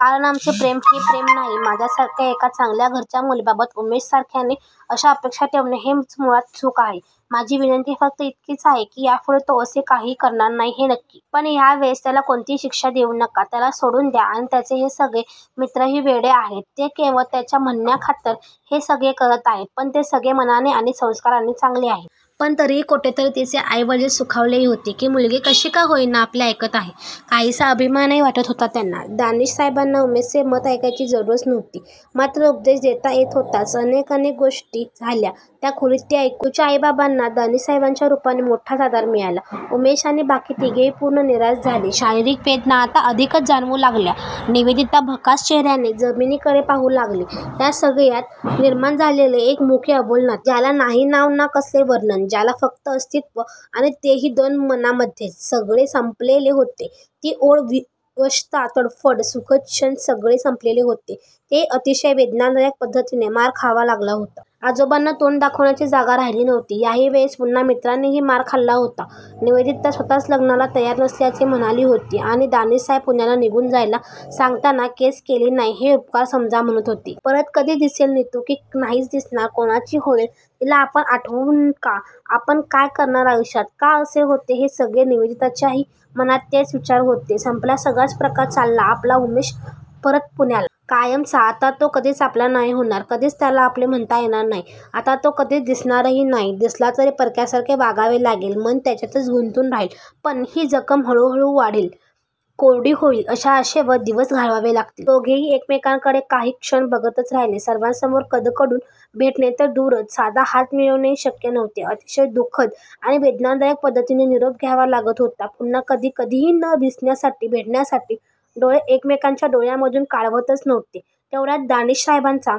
कारण आमचे प्रेम हे प्रेम नाही. माझ्यासारख्या एका चांगल्या घरच्या मुलीबाबत उमेशसारख्याने अशा अपेक्षा ठेवणे हेच मुळात चूक आहे. माझी विनंती फक्त इतकीच आहे की यापुढे तो असे काहीही करणार नाही हे नक्की. पण ह्यावेळेस त्याला कोणतीही शिक्षा देऊ नका. त्याला सोडून द्या आणि त्याचे हे सगळे मित्रही वेडे आहेत. ते केवळ त्याच्या म्हणण्याखातर हे सगळे करत आहेत. पण ते सगळे मनाने आणि संस्कारांनी चांगले आहेत. पण तरीही कोठेतरी तिचे आईवडील सुखावलेही होते की मुलगी कशी का होईना आपले ऐकत आहे. काहीसा अभिमानही वाटत होता त्यांना दानिशसाहेबांना उमेशचे मत ऐकायची जरूरच नव्हती. मात्र उपदेश देता येत होताच. अनेक अनेक अनेक गोष्टी झाल्या त्या खोलीत ते ऐकून! नितुच्या आई बाबांना दानिशसाहेबांच्या रुपाने मोठाच आधार मिळाला. उमेश आणि बाकी तिघेही पूर्ण निराश झाले. शारिरीक वेदना आता अधिकच जाणवू लागल्या. निवेदिता भकास चेहर्याने जमीनीकडे पाहू लागली. या सगळ्यात निर्माण झालेले एक मुके अबोल नाते ज्याला नाही नाव ना कसले वर्णन ज्याला फक्त अस्तित्व आणि तेही दोन मनामध्येच! सगळे संपलेले होते. ती ओढ, विवशता, तडफड, सुखद क्षण सगळे संपलेले होते. तेही अतिशय वेदनादायक पद्धतीने मार खावा लागला होता. आजोबांना तोंड दाखवण्याची जागा राहिली नव्हती. याही वेळेस पुन्हा मित्रांनीही मार खाल्ला होता. निवेदिता स्वतःच लग्नाला तयार नसल्याचे म्हणाली होती. आणि दानिशसाहेब पुण्याला निघून जायला सांगताना केस केली नाही हे उपकार समजा म्हणत होते. परत कधी दिसेल नितु की नाहीच दिसणार कोणाची होईल तिला आपण आठवू का आपण काय करणार आयुष्यात का असे होते हे सगळ निवेदिताच्याही मनात तेच विचार होते! संपला सगळाच प्रकार चालला आपला उमेश परत पुण्याला कायमचा! आता तो कधीच आपला नाही होणार! कधीच त्याला आपले म्हणता येणार नाही. आता तो कधीच दिसणारही नाही. दिसला तरी परक्यासारखे वागावे लागेल. मन त्याच्यातच गुंतून राहील. पण ही जखम ह्ळूहळू वालेल, कोर्डी होईल अशा आशेवर दिवस घालवावे लागतील. दोघेही एकमेकांकडे काही क्षण बघतच राहिले. सर्वांसमोर कदकडून भेटने तर दूरच, साधा हात मिळवणेही शक्य नव्हते. अतिशय दु:खद आणि वेदनादायक पद्धतीने निरोप घ्यावा लागत होता. पुन्हा कधी कधीही न दिसण्यासाठी, भेटण्यासाठी डोळे एकमेकांच्या डोळ्यांमधून काढवतच नव्हते. तेवढ्यात दानिशसाहेबांचा